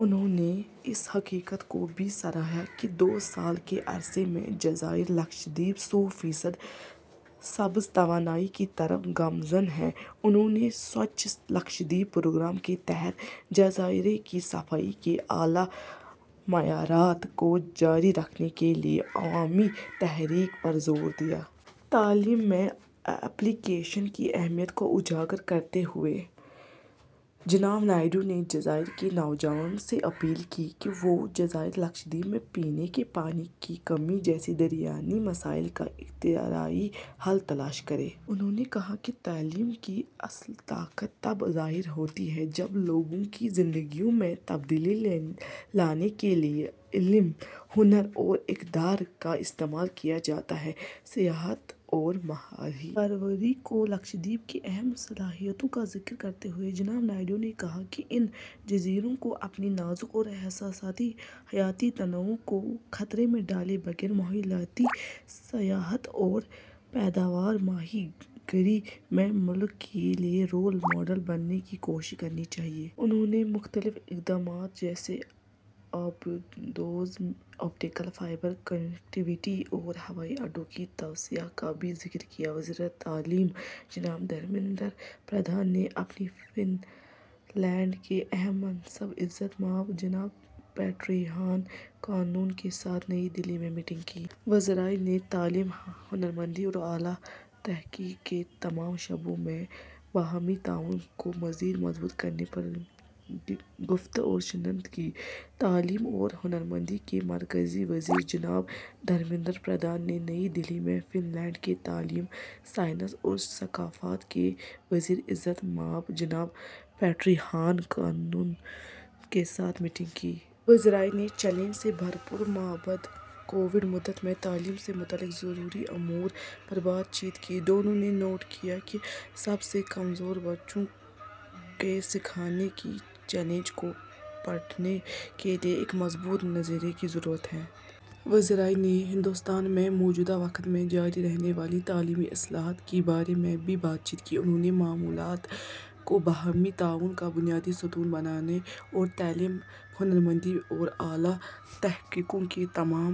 انہوں نے اس حقیقت کو بھی سراہا کہ دو سال کے عرصے میں جزائر لکشدیپ سو فیصد سبز توانائی کی طرف گامزن ہیں۔ انہوں نے ’سوچھ لکشدیپ‘ پروگرام کے تحت جزیرے کی صفائی کے اعلیٰ معیارات کو جاری رکھنے کے لیے عوامی تحریک پر زور دیا۔ تعلیم میں ’اپلی کیشن‘ کی اہمیت کو اجاگر کرتے ہوئے، جناب نائیڈو نے جزائر کے نوجوانوں سے اپیل کی کہ وہ جزائر لکشدیپ میں پینے کے پانی کی کمی جیسے دیرینہ مسائل کا اختراعی حل تلاش کریں۔ انہوں نے کہا کہ ’’تعلیم کی اصل طاقت تب ظاہر ہوتی ہے جب لوگوں کی زندگیوں میں تبدیلی لانے کے لیے علم، ہنر اور اقدار کا استعمال کیا جاتا ہے۔‘‘ سیاحت اور ماہی پروری کو لکشدیپ کی اہم صلاحیتوں کا ذکر کرتے ہوئے جناب نائیڈو نے کہا کہ ان جزیروں کو اپنی نازک اور حساس حیاتیاتی تنوع کو خطرے میں ڈالے بغیر، ماحولیاتی سیاحت اور پائیدار ماہی گیری میں ملک کے لیے رول ماڈل بننے کی خواہش کرنی چاہیے۔ انہوں نے مختلف اقدامات جیسے آبدوز آپٹیکل فائبر کنیکٹیویٹی اور ہوائی اڈوں کی توسیع کا بھی ذکر کیا۔ وزارتِ تعلیم جناب دھرمیندر پردھان نے اپنے فن لینڈ کے ہم منصب عزت مآب جناب پیٹری ہان کونن کے ساتھ نئی دہلی میں میٹنگ کی۔ وزراء نے تعلیم، ہنرمندی اور اعلیٰ تحقیق کے تمام شعبوں میں باہمی تعاون کو مزید مضبوط کرنے پر گفت و شنید کی۔ تعلیم اور ہنرمندی کے مرکزی وزیر جناب دھرمیندر پردھان نے نئی دہلی میں فن لینڈ کے تعلیم، سائنس اور ثقافت کے وزیر عزت مآب جناب پیٹری ہان کونن کے ساتھ میٹنگ کی۔ وزراء نے چیلنج سے بھرپور مابعد کووڈ مدت میں تعلیم سے متعلق ضروری امور پر بات چیت کی۔ دونوں نے نوٹ کیا کہ سب سے کمزور بچوں کے سیکھنے کی خلیج کو پاٹنے کے لیے ایک مضبوط نظریے کی ضرورت ہے۔ وزراء نے ہندوستان میں موجودہ وقت میں جاری رہنے والی تعلیمی اصلاحات کے بارے میں بھی بات چیت کی۔ انہوں نے معلومات کو باہمی تعاون کا بنیادی ستون بنانے اور تعلیم، ہنرمندی اور اعلیٰ تحقیق کے تمام